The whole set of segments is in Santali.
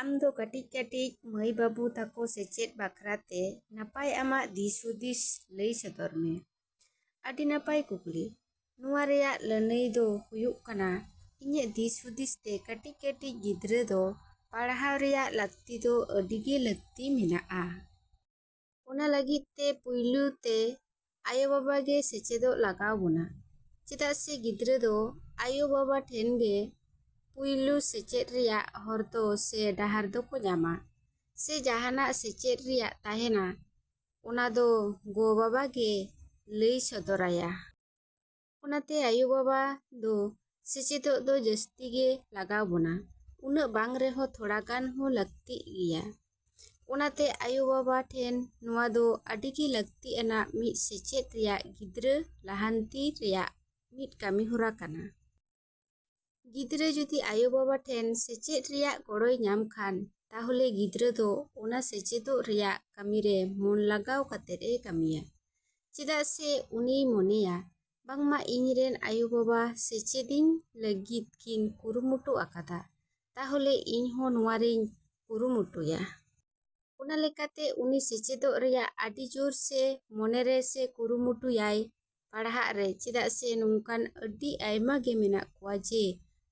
ᱟᱢ ᱫᱚ ᱠᱟᱹᱴᱤᱡᱼᱠᱟᱹᱴᱤᱡ ᱢᱟᱹᱭᱼᱵᱟᱹᱵᱩ ᱛᱟᱠᱚ ᱥᱮᱪᱮᱫ ᱵᱟᱠᱷᱨᱟ ᱛᱮ ᱱᱟᱯᱟᱭ ᱟᱢᱟᱜ ᱫᱤᱥᱦᱩᱫᱤᱥ ᱞᱟᱹᱭ ᱥᱚᱫᱚᱨ ᱢᱮ᱾ ᱟᱹᱰᱤ ᱱᱟᱯᱟᱭ ᱠᱩᱠᱞᱤ᱾ ᱱᱚᱣᱟ ᱨᱮᱭᱟᱜ ᱞᱟᱹᱱᱟᱹᱭ ᱫᱚ ᱦᱩᱭᱩᱜ ᱠᱟᱱᱟ ᱤᱧᱟᱹᱜ ᱫᱤᱥᱦᱩᱫᱤᱥ ᱛᱮ ᱠᱟᱹᱴᱤᱡᱼᱠᱟᱹᱴᱤᱡ ᱜᱤᱫᱽᱨᱟᱹ ᱫᱚ ᱯᱟᱲᱦᱟᱣ ᱨᱮᱭᱟᱜ ᱞᱟᱹᱠᱛᱤ ᱫᱚ ᱟᱹᱰᱤᱜᱮ ᱞᱟᱹᱠᱛᱤ ᱢᱮᱱᱟᱜᱼᱟ᱾ ᱚᱱᱟ ᱞᱟᱹᱜᱤᱫ ᱛᱮ ᱯᱩᱭᱞᱩ ᱛᱮ ᱟᱭᱳᱼᱵᱟᱵᱟ ᱜᱮ ᱥᱮᱪᱮᱫᱚᱜ ᱞᱟᱜᱟᱣ ᱵᱚᱱᱟ ᱪᱮᱫᱟᱜ ᱥᱮ ᱜᱤᱫᱽᱨᱟᱹ ᱫᱚ ᱟᱭᱳᱼᱵᱟᱵᱟ ᱴᱷᱮᱱ ᱜᱮ ᱯᱩᱭᱞᱩ ᱥᱮᱪᱮᱫ ᱨᱮᱭᱟᱜ ᱦᱚᱨ ᱫᱚ ᱥᱮ ᱰᱟᱦᱟᱨ ᱫᱚᱠᱚ ᱧᱟᱢᱟ ᱥᱮ ᱡᱟᱦᱟᱱᱟᱜ ᱥᱮᱪᱮᱫ ᱨᱮᱭᱟᱜ ᱛᱟᱦᱮᱱᱟ ᱚᱱᱟ ᱫᱚ ᱜᱚᱼᱵᱟᱵᱟ ᱜᱮ ᱞᱟᱹᱭ ᱥᱚᱫᱚᱨᱟᱭᱟ᱾ ᱚᱱᱟᱛᱮ ᱟᱭᱳᱼᱵᱟᱵᱟ ᱫᱚ ᱥᱮᱪᱮᱫᱚᱜ ᱫᱚ ᱡᱟᱹᱥᱛᱤᱜᱮ ᱞᱟᱜᱟᱣ ᱵᱚᱱᱟ ᱩᱱᱟᱹᱜ ᱵᱟᱝ ᱨᱮᱦᱚᱸ ᱛᱷᱚᱲᱟ ᱜᱟᱱ ᱦᱚᱸ ᱞᱟᱹᱠᱛᱤ ᱜᱮᱭᱟ᱾ ᱚᱱᱟᱛᱮ ᱟᱭᱳᱼᱵᱟᱵᱟ ᱴᱷᱮᱱ ᱱᱚᱣᱟ ᱫᱚ ᱟᱹᱰᱤ ᱜᱮ ᱞᱟᱹᱠᱛᱤ ᱟᱱᱟᱜ ᱢᱤᱫ ᱥᱮᱪᱮᱫ ᱨᱮᱭᱟᱜ ᱜᱤᱫᱽᱨᱟᱹ ᱞᱟᱦᱟᱱᱛᱤ ᱨᱮᱭᱟᱜ ᱢᱤᱫ ᱠᱟᱹᱢᱤ ᱦᱚᱨᱟ ᱠᱟᱱᱟ᱾ ᱜᱤᱫᱽᱨᱟᱹ ᱡᱩᱫᱤ ᱟᱭᱳᱼᱵᱟᱵᱟ ᱴᱷᱮᱡ ᱥᱮᱪᱮᱫ ᱨᱮᱭᱟᱜ ᱜᱚᱲᱚᱭ ᱧᱟᱢ ᱠᱷᱟᱱ ᱛᱟᱦᱚᱞᱮ ᱜᱤᱫᱽᱨᱟᱹ ᱫᱚ ᱚᱱᱟ ᱥᱮᱪᱮᱫᱚᱜ ᱨᱮᱭᱟᱜ ᱠᱟᱹᱢᱤᱨᱮ ᱢᱚᱱ ᱞᱟᱜᱟᱣ ᱠᱟᱛᱮᱫ ᱮ ᱠᱟᱹᱢᱤᱭᱟ ᱪᱮᱫᱟᱜ ᱥᱮ ᱩᱱᱤᱭ ᱢᱚᱱᱮᱭᱟ ᱵᱟᱝᱢᱟ ᱤᱧ ᱨᱮᱱ ᱟᱭᱳᱼᱵᱟᱵᱟ ᱥᱮᱪᱮᱫᱤᱧ ᱞᱟᱹᱜᱤᱫ ᱠᱤᱱ ᱠᱩᱨᱩᱢᱩᱴᱩ ᱟᱠᱟᱫᱟ ᱛᱟᱦᱚᱞᱮ ᱤᱧ ᱦᱚᱸ ᱱᱚᱣᱟ ᱨᱮᱧ ᱠᱩᱨᱩᱢᱩᱴᱩᱭᱟ᱾ ᱚᱱᱟ ᱞᱮᱠᱟᱛᱮ ᱩᱱᱤ ᱥᱮᱪᱮᱫᱚᱜ ᱨᱮᱭᱟᱜ ᱟᱹᱰᱤ ᱡᱳᱨ ᱥᱮ ᱢᱚᱱᱮᱨᱮ ᱥᱮ ᱠᱩᱨᱩᱢᱩᱴᱩ ᱭᱟᱭ ᱯᱟᱲᱦᱟᱜ ᱨᱮ ᱪᱮᱫᱟᱜ ᱥᱮ ᱱᱚᱝᱠᱟᱱ ᱟᱹᱰᱤ ᱟᱭᱢᱟ ᱜᱮ ᱢᱮᱱᱟᱜ ᱠᱚᱣᱟ ᱡᱮ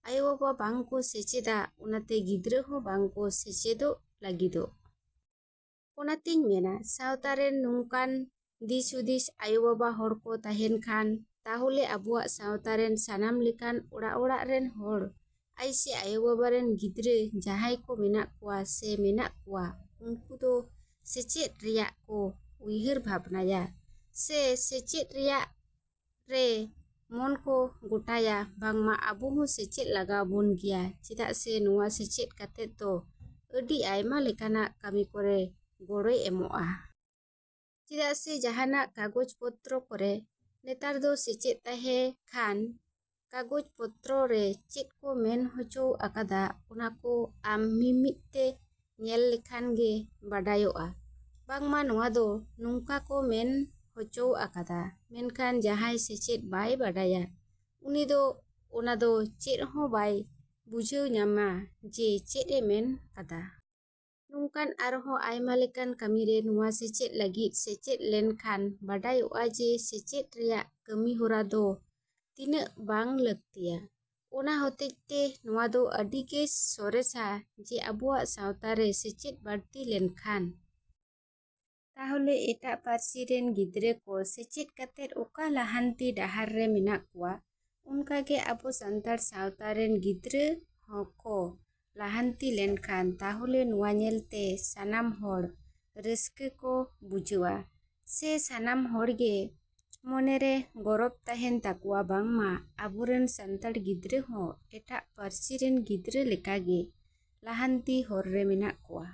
ᱟᱭᱳᱼᱵᱟᱵᱟ ᱵᱟᱝ ᱠᱚ ᱥᱮᱪᱮᱫᱟ ᱚᱱᱟᱛᱮ ᱜᱤᱫᱽᱨᱟᱹ ᱦᱚᱸ ᱵᱟᱝᱠᱚ ᱥᱮᱪᱮᱫᱚᱜ ᱞᱟᱹᱜᱤᱫᱚᱜ᱾ ᱚᱱᱟᱛᱮᱧ ᱢᱮᱱᱟ ᱥᱟᱶᱛᱟᱨᱮᱱ ᱱᱚᱝᱠᱟᱱ ᱫᱤᱥᱦᱩᱫᱤᱥ ᱟᱭᱳᱼᱵᱟᱵᱟ ᱦᱚᱲ ᱠᱚ ᱛᱟᱦᱮᱱ ᱠᱷᱟᱱ ᱛᱟᱦᱚᱞᱮ ᱟᱵᱚᱣᱟᱜ ᱥᱟᱶᱛᱟ ᱨᱮᱱ ᱥᱟᱱᱟᱢ ᱞᱮᱠᱟᱱ ᱚᱲᱟᱜᱼᱚᱲᱟᱜ ᱨᱮᱱ ᱦᱚᱲ ᱟᱭᱥᱮ ᱟᱭᱳᱼᱵᱟᱵᱟ ᱨᱮᱱ ᱜᱤᱫᱽᱨᱟᱹ ᱡᱟᱦᱟᱸᱭ ᱠᱚ ᱢᱮᱱᱟᱜ ᱠᱚᱣᱟ ᱥᱮ ᱢᱮᱱᱟᱜ ᱠᱚᱣᱟ ᱩᱱᱠᱩ ᱫᱚ ᱥᱮᱪᱮᱫ ᱨᱮᱭᱟᱜ ᱠᱚ ᱩᱭᱦᱟᱹᱨ ᱵᱷᱟᱵᱽᱱᱟᱭᱟ ᱥᱮ ᱥᱮᱪᱮᱫ ᱨᱮᱭᱟᱜ ᱨᱮ ᱢᱚᱱ ᱠᱚ ᱜᱚᱴᱟᱭᱟ ᱵᱟᱝᱢᱟ ᱟᱵᱚ ᱦᱚᱸ ᱥᱮᱪᱮᱫ ᱞᱟᱜᱟᱣ ᱵᱚᱱ ᱜᱮᱭᱟ ᱪᱮᱫᱟᱜ ᱥᱮ ᱱᱚᱣᱟ ᱥᱮᱪᱮᱫ ᱠᱟᱛᱮᱫ ᱫᱚ ᱟᱹᱰᱤ ᱟᱭᱢᱟ ᱞᱮᱠᱟᱱᱟᱜ ᱠᱟᱹᱢᱤ ᱠᱚᱨᱮ ᱜᱚᱲᱚᱭ ᱮᱢᱚᱜᱼᱟ᱾ ᱪᱮᱫᱟᱜ ᱥᱮ ᱡᱟᱦᱟᱱᱟᱜ ᱠᱟᱜᱚᱡᱽ ᱯᱚᱛᱨᱚ ᱠᱚᱨᱮ ᱱᱮᱛᱟᱨ ᱫᱚ ᱥᱮᱪᱮᱫ ᱛᱟᱦᱮᱸ ᱠᱷᱟᱱ ᱠᱟᱜᱚᱡᱽ ᱯᱚᱛᱨᱚ ᱨᱮ ᱪᱮᱫ ᱠᱚ ᱢᱮᱱ ᱦᱚᱪᱚᱣ ᱟᱠᱟᱫᱟ ᱚᱱᱟ ᱠᱚ ᱟᱢ ᱢᱤᱢᱤᱫ ᱛᱮ ᱧᱮᱞ ᱞᱮᱠᱷᱟᱱ ᱜᱮ ᱵᱟᱰᱟᱭᱚᱜᱼᱟ ᱵᱟᱝᱢᱟ ᱱᱚᱶᱟ ᱫᱚ ᱱᱚᱝᱠᱟ ᱠᱚ ᱢᱮᱱ ᱦᱚᱪᱚᱣ ᱟᱠᱟᱫᱟ ᱢᱮᱱᱠᱷᱟᱱ ᱡᱟᱦᱟᱸᱭ ᱥᱮᱪᱮᱫ ᱵᱟᱭ ᱵᱟᱰᱟᱭᱟ ᱩᱱᱤ ᱫᱚ ᱚᱱᱟ ᱫᱚ ᱪᱮᱫ ᱦᱚᱸ ᱵᱟᱭ ᱵᱩᱡᱷᱟᱹᱣ ᱧᱟᱢᱟ ᱡᱮ ᱪᱮᱫ ᱮ ᱢᱮᱱ ᱠᱟᱫᱟ᱾ ᱱᱚᱝᱠᱟᱱ ᱟᱨᱦᱚᱸ ᱟᱭᱢᱟ ᱞᱮᱠᱟᱱ ᱠᱟᱹᱢᱤᱨᱮ ᱱᱚᱶᱟ ᱥᱮᱪᱮᱫ ᱞᱟᱹᱜᱤᱫ ᱥᱮᱪᱮᱫ ᱞᱮᱱᱠᱷᱟᱱ ᱵᱟᱰᱟᱭᱚᱜᱼᱟ ᱡᱮ ᱥᱮᱪᱮᱫ ᱨᱮᱭᱟᱜ ᱠᱟᱹᱢᱤ ᱦᱚᱨᱟ ᱫᱚ ᱛᱤᱱᱟᱹᱜ ᱵᱟᱝ ᱞᱟᱹᱠᱛᱤᱭᱟ᱾ ᱚᱱᱟ ᱦᱚᱛᱮᱡ ᱛᱮ ᱱᱚᱣᱟ ᱫᱚ ᱟᱰᱤᱜᱮ ᱥᱚᱨᱮᱥᱟ ᱡᱮ ᱟᱵᱚᱣᱟᱜ ᱥᱟᱶᱛᱟᱨᱮ ᱥᱮᱪᱮᱫ ᱵᱟᱹᱲᱛᱤ ᱞᱮᱱᱠᱷᱟᱱ ᱛᱟᱦᱚᱞᱮ ᱮᱴᱟᱜ ᱯᱟᱹᱨᱥᱤᱨᱮᱱ ᱜᱤᱫᱽᱨᱟᱹ ᱠᱚ ᱥᱮᱪᱮᱫ ᱠᱟᱛᱮᱫ ᱚᱠᱟ ᱞᱟᱦᱟᱱᱛᱤ ᱰᱟᱦᱟᱨ ᱨᱮ ᱢᱮᱱᱟᱜ ᱠᱚᱣᱟ ᱚᱱᱠᱟᱜᱮ ᱟᱵᱚ ᱥᱟᱱᱛᱟᱲ ᱥᱟᱶᱛᱟ ᱨᱮᱱ ᱜᱤᱫᱽᱨᱟᱹ ᱦᱚᱸᱠᱚ ᱞᱟᱦᱟᱱᱛᱤ ᱞᱮᱱᱠᱷᱟᱱ ᱛᱟᱦᱚᱞᱮ ᱱᱚᱣᱟ ᱧᱮᱞ ᱛᱮ ᱥᱟᱱᱟᱢ ᱦᱚᱲ ᱨᱟᱹᱥᱠᱟᱹ ᱠᱚ ᱵᱩᱡᱷᱟᱹᱣᱟ ᱥᱮ ᱥᱟᱱᱟᱢ ᱦᱚᱲ ᱜᱮ ᱢᱚᱱᱮᱨᱮ ᱜᱚᱨᱚᱵ ᱛᱟᱦᱮᱱ ᱛᱟᱠᱚᱣᱟ ᱵᱟᱝᱢᱟ ᱟᱵᱚᱨᱮᱱ ᱥᱟᱱᱛᱟᱲ ᱜᱤᱫᱽᱨᱟᱹ ᱦᱚᱸ ᱮᱴᱟᱜ ᱯᱟᱨᱥᱤᱨᱮᱱ ᱜᱤᱫᱽᱨᱟᱹ ᱞᱮᱠᱟᱜᱮ ᱞᱟᱦᱟᱱᱛᱤ ᱦᱚᱨ ᱨᱮ ᱢᱮᱱᱟᱜ ᱠᱚᱣᱟ।